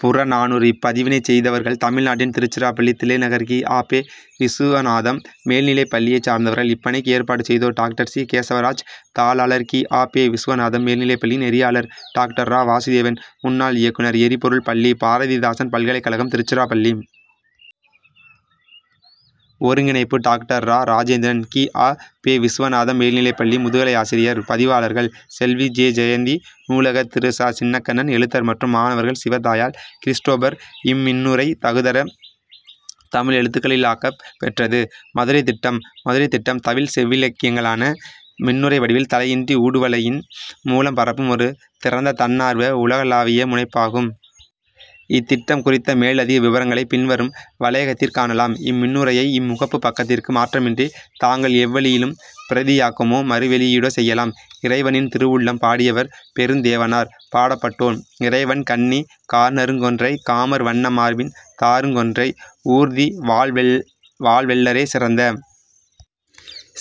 புறநானூறு இப்பதிவினைச் செய்தவர்கள்: தமிழ்நாட்டின் திருச்சிராப்பள்ளி, தில்லைநகர், கி. ஆ. பெ. விசுவநாதம் மேல்நிலைப்பள்ளியைச் சார்ந்தவர்கள் இப்பணிக்கு ஏற்பாடு செய்தோர்:- டாக்டர் சி. கேசவராஜ், தாளாளர், கி. ஆ. பெ. விசுவநாதம் மேல்நிலைப்பள்ளி நெறியாளர்: டாக்டர் இரா. வாசுதேவன், முன்னாள் இயக்குநர், எரிபொருள் பள்ளி, பாரதிதாசன் பல்கலைக்கழகம், திருச்சிராப்பள்ளி. ஒருங்கிணைப்பு:- டாக்டர். இரா. இராஜேந்திரன், கி. ஆ. பெ. விசுவநாதம் மேல்நிலைப்பள்ளி, முதுகலையாசிரியர் பதிவாளர்கள்: செல்வி. ஜெ. ஜெயந்தி, நூலகர்; திரு. ச. சின்னக்கண்ணன், எழுத்தர் மற்றும் மாணவர்கள்: சிவதயாள், கிறிஸ்டோபர் இம்மின்னுரை தகுதர தமிழெழுத்துக்களிலாக்கப் பெற்றது. மதுரைத் திட்டம் மதுரைத் திட்டம் தமிழ்ச் செவ்விலக்கியங்களை மின்னுரைவடிவில், தளையின்றி ஊடுவலையின் மூலம் பரப்பும் ஒரு திறந்த, தன்னார்வ, உலகளாவியமுனைப்பாகும். இத்திட்டம் குறித்த மேலதிக விபரங்களைப் பின்வரும் வலையகத்திற் காணலாம். இம்மின்னுரையை, இம்முகப்புப் பக்கத்திற்கு மாற்றமின்றி, தாங்கள் எவ்வழியிலும் பிரதியாக்கமோ, மறுவெளியீடோ செய்யலாம்.. இறைவனின் திருவுள்ளம்! பாடியவர்:பெருந்தேவனார். பாடப்பட்டோன்: இறைவன் கண்ணி கார்நறுங் கொன்றை; காமர் வண்ண மார்பின் தாருங் கொன்றை; ஊர்தி வால்வெள் ளேறே; சிறந்த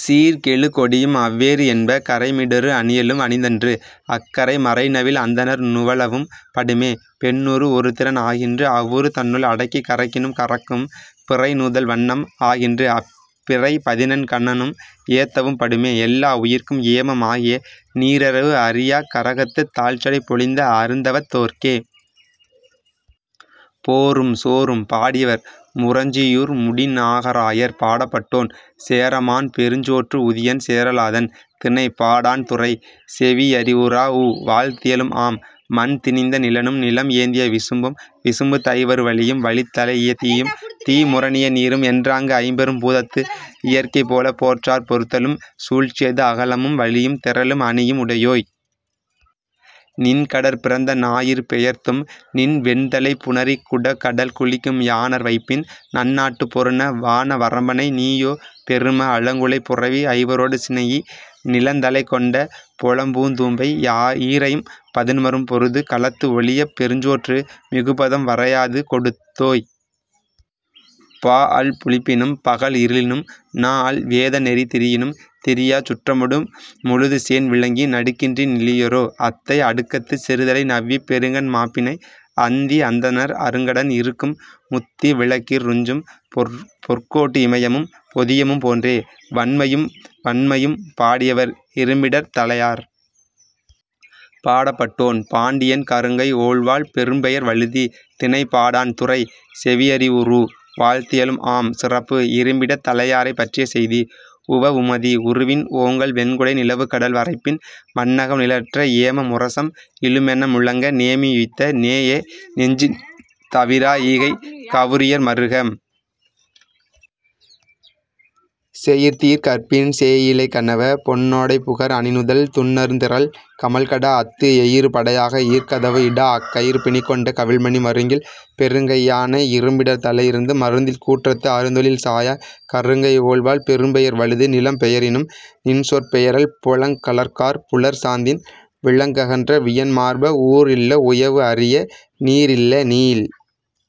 சீர்கெழு கொடியும் அவ்வேறு என்ப; கறைமிடறு அணியலும் அணிந்தன்று; அக்கறை மறைநவில் அந்தணர் நுவலவும் படுமே; பெண்ணுரு ஒரு திறன் ஆகின்று; அவ்வுருத் தன்னுள் அடக்கிக் கரக்கினும் கரக்கும்; பிறை நுதல் வண்ணம் ஆகின்று; அப்பிறை பதினெண் கணனும் ஏத்தவும் படுமே; எல்லா உயிர்க்கும் ஏமம் ஆகிய, நீரறவு அறியாக் கரகத்துத், தாழ்சடைப் பொலிந்த அருந்தவத் தோற்கே.. போரும் சோறும்! பாடியவர்: முரஞ்சியூர் முடிநாகராயர். பாடப்பட்டோன்: சேரமான் பெருஞ்சோற்று உதியன் சேரலாதன். திணை: பாடாண். துறை: செவியறிவுறூஉ; வாழ்த்தியலும் ஆம். மண் திணிந்த நிலனும், நிலம் ஏந்திய விசும்பும், விசும்பு தைவரு வளியும் வளித் தலைஇய தீயும், தீ முரணிய நீரும், என்றாங்கு ஐம்பெரும் பூதத்து இயற்கை போலப் போற்றார்ப் பொறுத்தலும், சூழ்ச்சியது அகலமும் வலியும், தெறலும், அணியும், உடையோய்! நின்கடற் பிறந்த ஞாயிறு பெயர்த்தும் நின் வெண்தலைப் புணரிக் குடகடல் குளிக்கும் யாணர் வைப்பின், நன்னாட்டுப் பொருந! வான வரம்பனை! நீயோ, பெரும! அலங்குளைப் புரவி ஐவரோடு சினைஇ, நிலந்தலைக் கொண்ட பொலம்பூந் தும்பை ஈரைம் பதின்மரும் பொருது, களத்து ஒழியப் பெருஞ்சோற்று மிகுபதம் வரையாது கொடுத்தோய்! பாஅல் புளிப்பினும், பகல் இருளினும், நாஅல் வேத நெறி திரியினும் திரியாச் சுற்றமொடு முழுதுசேண் விளங்கி, நடுக்கின்றி நிலியரோ அத்தை; அடுக்கத்துச், சிறுதலை நவ்விப் பெருங்கண் மாப்பிணை, அந்தி அந்தணர் அருங்கடன் இறுக்கும் முத்தீ விளக்கிற், றுஞ்சும் பொற்கோட்டு இமயமும், பொதியமும், போன்றே!.வன்மையும் வண்மையும்! பாடியவர்: இரும்பிடர்த் தலையார். பாடப்பட்டோன்: பாண்டியன் கருங்கை ஒள்வாள் பெரும்பெயர் வழுதி. திணை: பாடாண். துறை: செவியறிவுறூஉ; வாழ்த்தியலும் ஆம். சிறப்பு: இரும்பிடத் தலையாரைப் பற்றிய செய்தி. உவவுமதி உருவின் ஓங்கல் வெண்குடை நிலவுக்கடல் வரைப்பின் மண்ணகம் நிழற்ற, ஏம முரசம் இழுமென முழங்க, நேமி யுய்த்த நேஎ நெஞ்சின், தவிரா ஈகைக், கவுரியர் மருக! செயிர்தீர் கற்பின் சேயிழை கணவ! பொன் னோடைப் புகர் அணிநுதல் துன்னருந் திறல் கமழ்கடா அத்து எயிரு படையாக, எயிற்கதவு இடாஅக் கயிறுபிணிக் கொண்ட கவிழ்மணி மருங்கில். பெருங்கை யானை இரும்பிடர்த் தலையிருந்து மருந்தில் கூற்றத்து அருந்தொழில் சாயாக் கருங்கை ஒள்வாள் பெரும்பெயர் வழுதி! நிலம் பெயரினும், நின்சொற் பெயரல்; பொலங் கழற்காற், புலர் சாந்தின் விலங் ககன்ற வியன் மார்ப! ஊர் இல்ல, உயவு அரிய, நீர் இல்ல, நீள்